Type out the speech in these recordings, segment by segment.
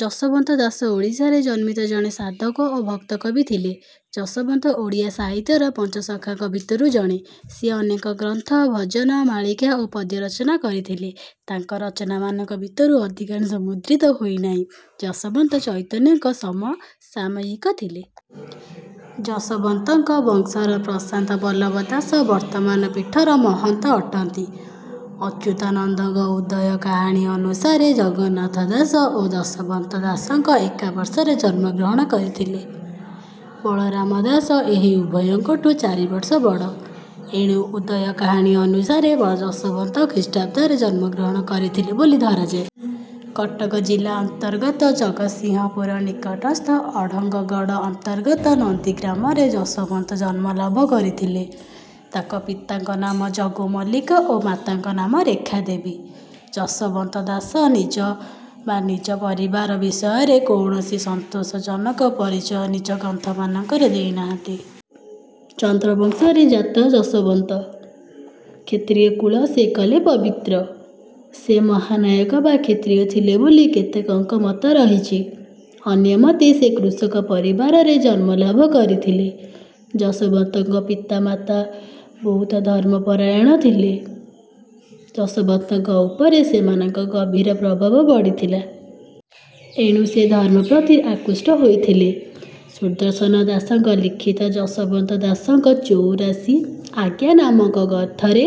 ଯଶୋବନ୍ତ ଦାସ ଓଡ଼ିଶାରେ ଜନ୍ମିତ ଜଣେ ସାଧକ ଓ ଭକ୍ତକବି ଥିଲେ। ଯଶୋବନ୍ତ ଓଡ଼ିଆ ସାହିତ୍ୟର ପଞ୍ଚସଖାଙ୍କ ଭିତରୁ ଜଣେ। ସେ ଅନେକ ଗ୍ରନ୍ଥ, ଭଜନ, ମାଳିକା ଓ ପଦ୍ୟ ରଚନା କରିଥିଲେ। ତାଙ୍କ ରଚନାମାନଙ୍କ ଭିତରୁ ଅଧିକାଂଶ ମୁଦ୍ରିତ ହୋଇନାହିଁ। ଯଶୋବନ୍ତ ଚୈତନ୍ୟଙ୍କ ସମସାମୟିକ ଥିଲେ। ଯଶୋବନ୍ତଙ୍କ ବଂଶର ପ୍ରଶାନ୍ତ ବଲ୍ଲଭ ଦାସ ବର୍ତ୍ତମାନ ପୀଠର ମହନ୍ତ ଅଟନ୍ତି। ଅଚ୍ୟୁତାନନ୍ଦଙ୍କ 'ଉଦୟ କାହାଣୀ' ଅନୁସାରେ ଜଗନ୍ନାଥ ଦାସ ଓ ଯଶୋବନ୍ତ ଦାସ ଏକା ବର୍ଷରେ ଜନ୍ମଗ୍ରହଣ କରିଥିଲେ। ବଳରାମ ଦାସ ଏହି ଉଭୟଙ୍କଠୁଁ ଚାରିବର୍ଷ ବଡ଼। ଏଣୁ 'ଉଦୟ କାହାଣୀ' ଅନୁସାରେ ଯଶୋବନ୍ତ ଖ୍ରୀଷ୍ଟାବ୍ଦ ରେ ଜନ୍ମଗ୍ରହଣ କରିଥିଲେ ବୋଲି ଧରାଯାଏ। କଟକ ଜିଲ୍ଲା ଅନ୍ତର୍ଗତ ଜଗତସିଂହପୁର ନିକଟସ୍ଥ ଅଢ଼ଙ୍ଗଗଡ଼ ଅନ୍ତର୍ଗତ ନନ୍ଦୀଗ୍ରାମରେ ଯଶୋବନ୍ତ ଜନ୍ମଲାଭ କରିଥିଲେ। ତାଙ୍କ ପିତାଙ୍କ ନାମ ଜଗୁ ମଲ୍ଲିକ ଓ ମାତାଙ୍କ ନାମ ରେଖାଦେବୀ। ଯଶୋବନ୍ତ ଦାସ ନିଜ ବା ନିଜ ପରିବାର ବିଷୟରେ କୌଣସି ସନ୍ତୋଷଜନକ ପରିଚୟ ନିଜ ଗ୍ରନ୍ଥମାନଙ୍କରେ ଦେଇନାହାନ୍ତି। ଚନ୍ଦ୍ର ବଂଶରେ ଜାତ ଯଶୋବନ୍ତ। କ୍ଷତ୍ରିୟ କୁଳ ସେ କଲେ ପବିତ୍ର।। ସେ ମହାନାୟକ ବା କ୍ଷତ୍ରିୟ ଥିଲେ ବୋଲି କେତେକଙ୍କ ମତ ରହିଛି। ଅନ୍ୟମତେ ସେ କୃଷକ ପରିବାରରେ ଜନ୍ମଲାଭ କରିଥିଲେ। ଯଶୋବନ୍ତଙ୍କ ପିତା ମାତା ବହୁତ ଧର୍ମ ପରାୟଣ ଥିଲେ। ଯଶୋବନ୍ତଙ୍କ ଉପରେ ସେମାନଙ୍କ ଗଭୀର ପ୍ରଭାବ ପଡ଼ିଥିଲା। ଏଣୁ ସେ ଧର୍ମ ପ୍ରତି ଆକୃଷ୍ଟ ହୋଇଥିଲେ। ସୁଦର୍ଶନ ଦାସଙ୍କ ଲିଖିତ 'ଯଶୋବନ୍ତ ଦାସଙ୍କ ଚଉରାଶି ଆଜ୍ଞା' ନାମକ ଗ୍ରନ୍ଥରେ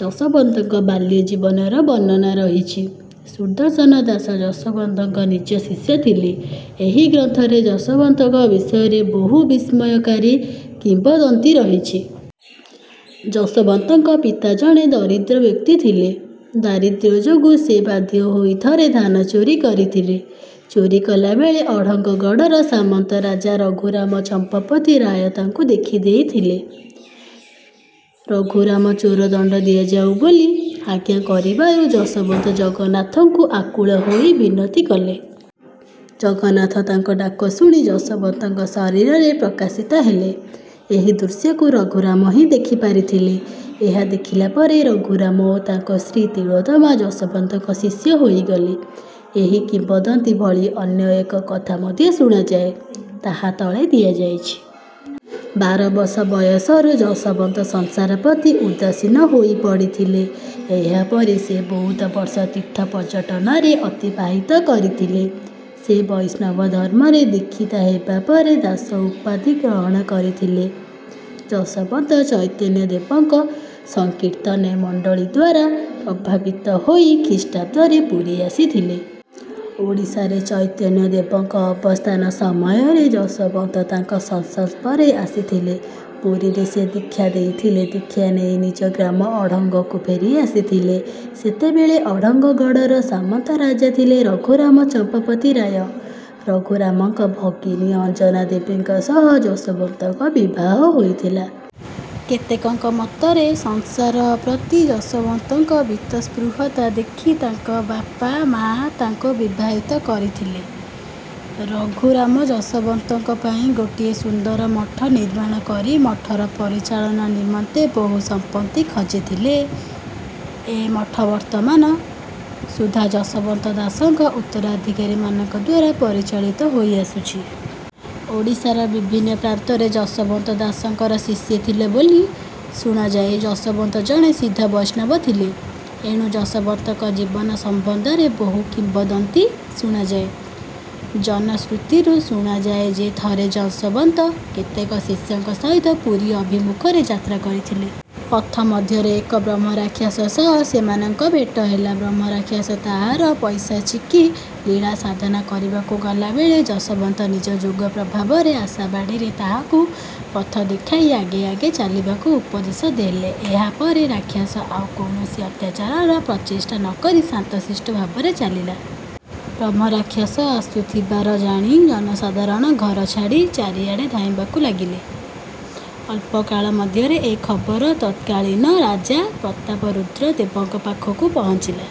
ଯଶୋବନ୍ତଙ୍କ ବାଲ୍ୟ ଜୀବନର ବର୍ଣ୍ଣନା ରହିଛି। ସୁଦର୍ଶନ ଦାସ ଯଶୋବନ୍ତଙ୍କ ନିଜ ଶିଷ୍ୟ ଥିଲେ। ଏହି ଗ୍ରନ୍ଥରେ ଯଶୋବନ୍ତଙ୍କ ବିଷୟରେ ବହୁ ବିସ୍ମୟକାରୀ କିମ୍ବଦନ୍ତୀ ରହିଛି। ଯଶୋବନ୍ତଙ୍କ ପିତା ଜଣେ ଦରିଦ୍ର ବ୍ୟକ୍ତି ଥିଲେ। ଦାରିଦ୍ର୍ୟ ଯୋଗୁଁ ସେ ବାଧ୍ୟ ହୋଇ ଥରେ ଧାନ ଚୋରି କରିଥିଲେ। ଚୋରି କଲାବେଳେ ଅଢ଼ଙ୍ଗଗଡ଼ର ସାମନ୍ତରାଜା ରଘୁରାମ ଚ଼ମ୍ପପତି ରାୟ ତାଙ୍କୁ ଦେଖିଦେଇଥିଲେ। ରଘୁରାମ ଚୋରକୁ ଦଣ୍ଡ ଦିଆଯାଉ ବୋଲି ଆଜ୍ଞା କରିବାରୁ ଯଶୋବନ୍ତ ଜଗନ୍ନାଥଙ୍କୁ ଆକୁଳ ହୋଇ ବିନତି କଲେ। ଜଗନ୍ନାଥ ତାଙ୍କ ଡାକ ଶୁଣି ଯଶୋବନ୍ତଙ୍କ ଶରୀରରେ ପ୍ରକାଶିତ ହେଲେ। ଏହି ଦୃଶ୍ୟକୁ ରଘୁରାମ ହିଁ ଦେଖିପାରିଥିଲେ। ଏହା ଦେଖିଲାପରେ ରଘୁରାମ ଓ ତାଙ୍କ ସ୍ତ୍ରୀ ତିଳୋତ୍ତମା ଯଶୋବନ୍ତଙ୍କ ଶିଷ୍ୟ ହୋଇଗଲେ। ଏହି କିମ୍ବଦନ୍ତୀ ଭଳି ଅନ୍ୟ ଏକ କଥା ମଧ୍ୟ ଶୁଣାଯାଏ। ତାହା ତଳେ ଦିଆଯାଇଛି। ବାରବର୍ଷ ବୟସରୁ ଯଶୋବନ୍ତ ସଂସାର ପ୍ରତି ଉଦାସୀନ ହୋଇପଡ଼ିଥିଲେ। ଏହା ପରେ ସେ ବହୁତ ବର୍ଷ ତୀର୍ଥ ପର୍ଯ୍ୟଟନରେ ଅତିବାହିତ କରିଥିଲେ। ସେ ବୈଷ୍ଣବ ଧର୍ମରେ ଦୀକ୍ଷିତ ହେବା ପରେ 'ଦାସ' ଉପାଧି ଗ୍ରହଣ କରିଥିଲେ। ଯଶୋବନ୍ତ ଚୈତନ୍ୟ ଦେବଙ୍କ ସଂକୀର୍ତ୍ତନ ମଣ୍ଡଳୀଦ୍ୱାରା ପ୍ରଭାବିତ ହୋଇ ଖ୍ରୀଷ୍ଟାବ୍ଦ ରେ ପୁରୀ ଆସିଥିଲେ। ଓଡ଼ିଶାରେ ଚୈତନ୍ୟ ଦେବଙ୍କ ଅବସ୍ଥାନ ସମୟରେ ଯଶୋବନ୍ତ ତାଙ୍କ ସଂସ୍ପର୍ଶରେ ଆସିଥିଲେ। ପୁରୀରେ ସେ ଦୀକ୍ଷା ନେଇଥିଲେ। ଦୀକ୍ଷା ନେଇ ନିଜ ଗ୍ରାମ ଅଢ଼ଙ୍ଗକୁ ଫେରିଆସିଥିଲେ। ସେତେବେଳେ ଅଢ଼ଙ୍ଗଗଡ଼ର ସାମନ୍ତ ରାଜା ଥିଲେ ରଘୁରାମ ଚମ୍ପପତି ରାୟ। ରଘୁରାମଙ୍କ ଭଗିନୀ ଅଞ୍ଜନା ଦେବୀଙ୍କ ସହ ଯଶୋବନ୍ତଙ୍କ ବିବାହ ହୋଇଥିଲା। କେତେକଙ୍କ ମତରେ ସଂସାର ପ୍ରତି ଯଶୋବନ୍ତଙ୍କ ବୀତସ୍ପୃହତା ଦେଖି ତାଙ୍କ ବାପା ମା ତାଙ୍କୁ ବିବାହିତ କରିଥିଲେ। ରଘୁରାମ ଯଶୋବନ୍ତଙ୍କ ପାଇଁ ଗୋଟିଏ ସୁନ୍ଦର ମଠ ନିର୍ମାଣ କରି ମଠର ପରିଚାଳନା ନିମନ୍ତେ ବହୁ ସମ୍ପତ୍ତି ଖଞ୍ଜିଥିଲେ। ଏ ମଠ ବର୍ତ୍ତମାନ ସୁଦ୍ଧା ଯଶୋବନ୍ତ ଦାସଙ୍କ ଉତ୍ତରାଧିକାରୀମାନଙ୍କଦ୍ୱାରା ପରିଚାଳିତ ହୋଇ ଆସୁଛି। ଓଡ଼ିଶାର ବିଭିନ୍ନ ପ୍ରାନ୍ତରେ ଯଶୋବନ୍ତ ଦାସଙ୍କର ଶିଷ୍ୟ ଥିଲେ ବୋଲି ଶୁଣାଯାଏ। ଯଶୋବନ୍ତ ଜଣେ ସିଦ୍ଧ ବୈଷ୍ଣବ ଥିଲେ। ଏଣୁ ଯଶୋବନ୍ତଙ୍କ ଜୀବନ ସମ୍ବନ୍ଧରେ ବହୁ କିମ୍ବଦନ୍ତୀ ଶୁଣାଯାଏ। ଜନଶ୍ରୁତିରୁ ଶୁଣାଯାଏ ଯେ ଥରେ ଯଶୋବନ୍ତ କେତେକ ଶିଷ୍ୟଙ୍କ ସହିତ ପୁରୀ ଅଭିମୁଖରେ ଯାତ୍ରା କରୁଥିଲେ। ପଥ ମଧ୍ୟରେ ଏକ ବ୍ରହ୍ମରାକ୍ଷସ ସହ ସେମାନଙ୍କ ଭେଟ ହେଲା। ବ୍ରହ୍ମରାକ୍ଷସ ତାହାର ପୈଶାଚିକୀ ଲୀଳା ସାଧନା କରିବାକୁ ଗଲାବେଳେ ଯଶୋବନ୍ତ ନିଜ ଯୋଗ ପ୍ରଭାବରେ ଆଶାବାଡ଼ିରେ ତାହାକୁ ପଥ ଦେଖାଇ ଆଗେ ଆଗେ ଚାଲିବାକୁ ଉପଦେଶ ଦେଲେ। ଏହା ପରେ ରାକ୍ଷସ ଆଉ କୌଣସି ଅତ୍ୟାଚାରର ପ୍ରଚେଷ୍ଟା ନ କରି ଶାନ୍ତ ଶିଷ୍ଟ ଭାବରେ ଚାଲିଲା। ବ୍ରହ୍ମରାକ୍ଷସ ଆସୁଥିବାର ଜାଣି ଜନସାଧାରଣ ଘର ଛାଡ଼ି ଚାରିଆଡ଼େ ଧାଇଁବାକୁ ଲାଗିଲେ। ଅଳ୍ପକାଳ ମଧ୍ୟରେ ଏ ଖବର ତତ୍କାଳୀନ ରାଜା ପ୍ରତାପରୁଦ୍ର ଦେବଙ୍କ ପାଖକୁ ପହଞ୍ଚିଲା।